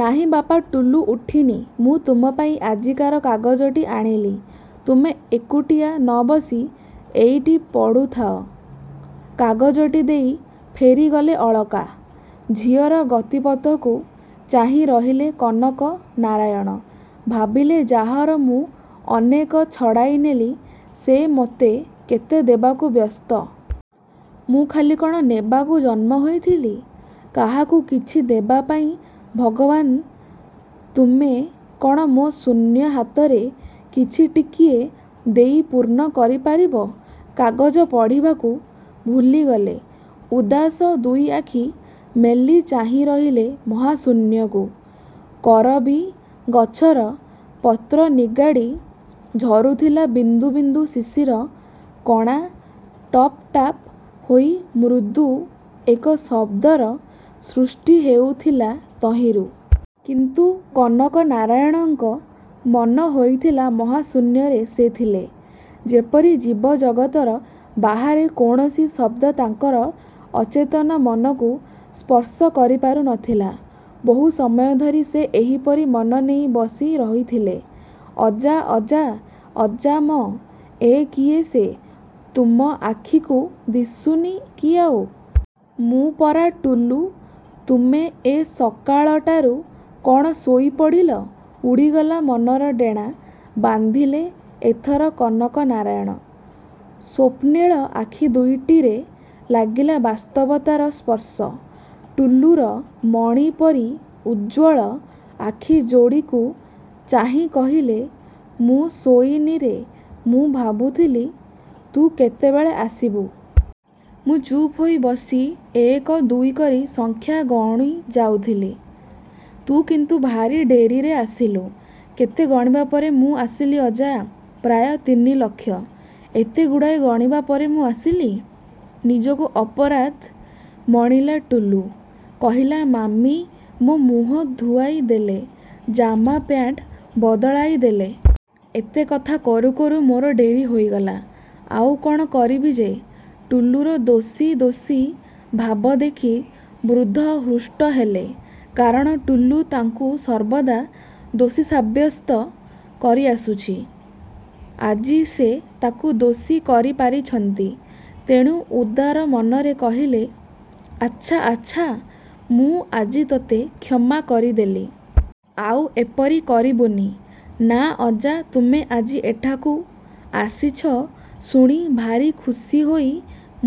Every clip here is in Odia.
ନାହିଁ ବାପା ଟୁଲୁ ଉଠିନି। ମୁଁ ତୁମପାଇଁ ଆଜିକାର କାଗଜଟି ଆଣିଲି। ତୁମେ ଏକୁଟିଆ ନବସି ଏଇଠି ପଢ଼ୁଥାଅ। କାଗଜଟି ଦେଇ ଫେରିଗଲେ ଅଳକା। ଝିଅର ଗତିପଥକୁ ଚାହିଁ ରହିଲେ କନକ ନାରାୟଣ। ଭାବିଲେ-ଯାହାର ମୁଁ ଅନେକ ଛଡ଼ାଇନେଲି, ସେ ମୋତେ କେତେ ଦେବାକୁ ବ୍ୟସ୍ତ। ମୁଁ ଖାଲି କ'ଣ ନେବାକୁ ଜନ୍ମ ହୋଇଥିଲି! କାହାକୁ କିଛି ଦେବାପାଇଁ ଭଗବାନ ତୁମେ କ'ଣ ମୋ ଶୂନ୍ୟ ହାତରେ କିଛି ଟିକିଏ ଦେଇ ପୂର୍ଣ୍ଣ କରିପାରିବ? କାଗଜ ପଢ଼ିବାକୁ ଭୁଲିଗଲେ। ଉଦାସ ଦୁଇଆଖି ମେଲି ଚାହିଁରହିଲେ ମହାଶୂନ୍ୟକୁ-। କରବୀ ଗଛର ପତ୍ର ନିଗାଡ଼ି ଝରୁଥିଲା ବିନ୍ଦୁ ବିନ୍ଦୁ ଶିଶିର କଣା, ଟପ୍ ଟାପ୍ ହୋଇ ମୃଦୁ ଏକ ଶବ୍ଦର ସୃଷ୍ଟି ହେଉଥିଲା ତହିଁରୁ। କିନ୍ତୁ କନକ ନାରାୟଣଙ୍କ ମନହୋଇଥିଲା ମହାଶୂନ୍ୟରେ ସେ ଥିଲେ-ଯେପରି ଜୀବଜଗତର ବାହାରେ, କୌଣସି ଶବ୍ଦ ତାଙ୍କର ଅଚେତନ ମନକୁ ସ୍ପର୍ଶ କରିପାରୁନଥିଲା। ବହୁ ସମୟ ଧରି ସେ ଏହିପରି ମନ ନେଇ ବସିରହିଥିଲେ। -ଅଜା, ଅଜା, ଅଜା ମ -ଏଁ, କିଏ ସେ? -ତୁମ ଆଖିକୁ ଦିଶୁନି କି ଆଉ? ମୁଁ ପରା ଟୁଲୁ, ତୁମେ ଏ ସକାଳଟାରୁ କ'ଣ ଶୋଇପଡ଼ିଲ? ଉଡ଼ିଗଲା ମନର ଡେଣା ବାନ୍ଧିଲେ ଏଥର କନକ ନାରାୟଣ। ସ୍ୱପ୍ନିଳ ଆଖିଦୁଇଟିରେ ଲାଗିଲା ବାସ୍ତବତାର ସ୍ପର୍ଶ। ଟୁଲୁର ମଣି ପରି ଉଜ୍ଜ୍ୱଳ ଆଖି ଯୋଡ଼ିକୁ ଚାହିଁ କହିଲେ-ମୁଁ ଶୋଇନିରେ, ମୁଁ ଭାବୁଥିଲି ତୁ କେତେବେଳେ ଆସିବୁ। ମୁଁ ଚୁପ୍ ହୋଇ ବସି ଏକ ଦୁଇ କରି ସଂଖ୍ୟା ଗଣିଯାଉଥିଲି। ତୁ କିନ୍ତୁ ଭାରି ଡେରିରେ ଆସିଲୁ। -କେତେ ଗଣିବା ପରେ ମୁଁ ଆସିଲି ଅଜା? -ପ୍ରାୟ ତିନିଲକ୍ଷ। ଏତେଗୁଡ଼ାଏ ଗଣିବା ପରେ ମୁଁ ଆସିଲି! ନିଜକୁ ଅପରାଧ ମଣିଲା ଟୁଲୁ, କହିଲା-ମାମି ମୋ ମୁହଁ ଧୁଆଇଦେଲେ, ଜାମା ପ୍ୟାଣ୍ଟ ବଦଳାଇଦେଲେ। ଏତେକଥା କରୁ କରୁ ମୋର ଡେରି ହୋଇଗଲା। ଆଉ କ'ଣ କରିବି ଯେ। ଟୁଲୁର ଦୋଷୀ ଦୋଷୀ ଭାବ ଦେଖି ବୃଦ୍ଧ ହୃଷ୍ଟ ହେଲେ। କାରଣ ଟୁଲୁ ତାଙ୍କୁ ସର୍ବଦା ଦୋଷୀ ସାବ୍ୟସ୍ତ କରିଆସୁଛି। ଆଜି ସେ ତାକୁ ଦୋଷୀ କରିପାରିଛନ୍ତି। ତେଣୁ ଉଦାର ମନରେ କହିଲେ-ଆଚ୍ଛା, ଆଚ୍ଛା, ମୁଁ ଆଜି ତୋତେ କ୍ଷମା କରିଦେଲି। ଆଉ ଏପରି କରିବୁନି। -ନାଁ, ଅଜା ତୁମେ ଆଜି ଏଠାକୁ ଆସିଛ ଶୁଣି ଭାରି ଖୁସିହୋଇ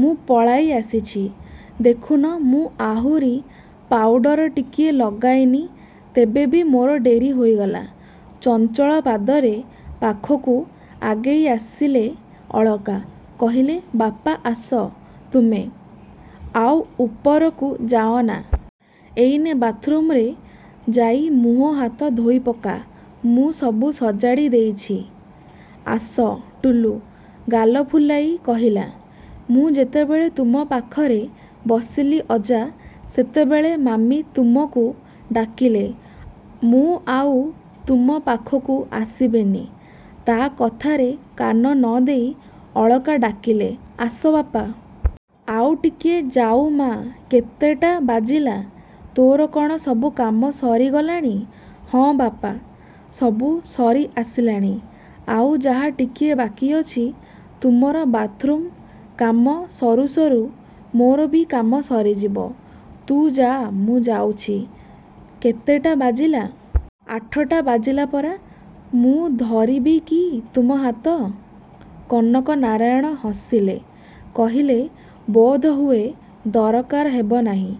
ମୁଁ ପଳାଇଆସିଛି। ଦେଖୁନ, ମୁଁ ଆହୁରି ପାଉଡର ଟିକିଏ ଲଗାଇନି। ତେବେ ବି ମୋର ଡେରି ହୋଇଗଲା। ଚଞ୍ଚଳ ପାଦରେ ପାଖକୁ ଆଗେଇଆସିଲେ ଅଳକା। କହିଲେ-ବାପା, ଆସ ତୁମେ, ଆଉ ଉପରକୁ ଯାଅନା। ଏଇନେ ବାଥ୍ରୁମରେ ଯାଇ ମୁଁହ ହାତ ଧୋଇପକା। ମୁଁ ସବୁ ସଜାଡ଼ିଦେଇଛି। ଆସ। ଟୁଲୁ। ଗାଲ ଫୁଲାଇ କହିଲା-ମୁଁ ଯେତେବେଳେ ତୁମ ପାଖରେ ବସିଲି ଅଜା, ସେତେବେଳେ ମାମି ତୁମକୁ ଡାକିଲେ। ମୁଁ ଆଉ ତୁମ ପାଖକୁ ଆସିବିନି। ତା' କଥାରେ କାନ ନଦେଇ ଅଳକା ଡାକିଲେ-ଆସ ବାପା। ଆଉ ଟିକିଏ ଯାଉ ମା'। କେତେଟା ବାଜିଲା? ତୋର କ'ଣ ସବୁ କାମ ସରିଗଲାଣି? ହଁ ବାପା, ସବୁ ସରିଆସିଲାଣି। ଆଉ ଯାହା ଟିକିଏ ବାକିଅଛି ତୁମର ବାଥ୍ରୁମ୍ କାମ ସରୁ ସରୁ ମୋର ବି କାମ ସରିଯିବ। ତୁ ଯାଆ, ମୁଁ ଯାଉଛି। କେତେଟା ବାଜିଲା? ଆଠଟା ବାଜିଲା ପରା। ମୁଁ ଧରିବି କି ତୁମ ହାତ? କନକ ନାରାୟଣ ହସିଲେ। କହିଲେ-ବୋଧହୁଏ ଦରକାର ହେବ ନାହିଁ।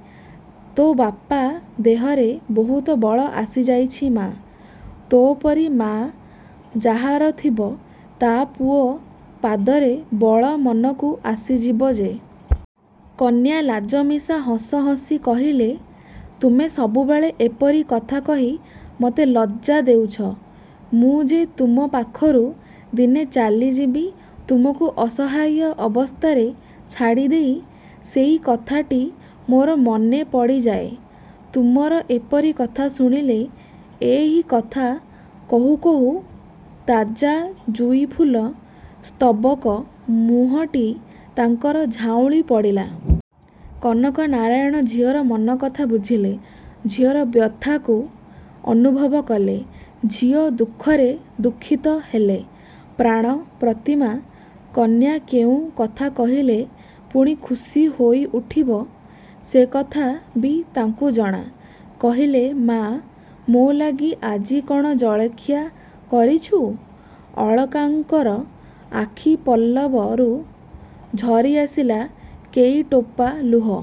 ତୋ ବାପା ଦେହରେ ବହୁତ ବଳ ଆସିଯାଇଛି ମା'। ତୋପରି ମା' ଯାହାର ଥିବ, ତା' ପୁଅ ପାଦରେ ବଳ ମନକୁ ଆସିଯିବ ଯେ। କନ୍ୟା ଲାଜମିଶା ହସ ହସି କହିଲେ, ତୁମେ ସବୁବେଳେ ଏପରି କଥା କହି ମତେ ଲଜ୍ଜା ଦେଉଛ। ମୁଁ ଯେ ତୁମପାଖରୁ ଦିନେ ଚାଲିଯିବି ତୁମକୁ ଅସହାୟ ଅବସ୍ଥାରେ ଛାଡ଼ିଦେଇ, ସେଇ କଥାଟି ମୋର ମନେପଡ଼ିଯାଏ ତୁମର ଏପରି କଥା ଶୁଣିଲେ। ଏହି କଥା କହୁ କହୁ ତାଜା ଜୁଇଫୁଲ ସ୍ତବକ ମୁହଁଟି ତାଙ୍କର ଝାଉଁଳିପଡ଼ିଲା। କନକ ନାରାୟଣ ଝିଅର ମନକଥା ବୁଝିଲେ। ଝିଅର ବ୍ୟଥାକୁ ଅନୁଭବ କଲେ। ଝିଅ ଦୁଃଖରେ ଦୁଃଖିତ ହେଲେ। ପ୍ରାଣ-ପ୍ରତିମା କନ୍ୟା କେଉଁ କଥା କହିଲେ ପୁଣି ଖୁସି ହୋଇଉଠିବ, ସେକଥା ବି ତାଙ୍କୁ ଜଣା। କହିଲେ-ମା', ମୋଲାଗି ଆଜି କ'ଣ ଜଳଖିଆ କରିଛୁ! ଅଳକାଙ୍କର ଆଖିପଲ୍ଲବରୁ ଝରିଆସିଲା କେଇଟୋପା ଲୁହ।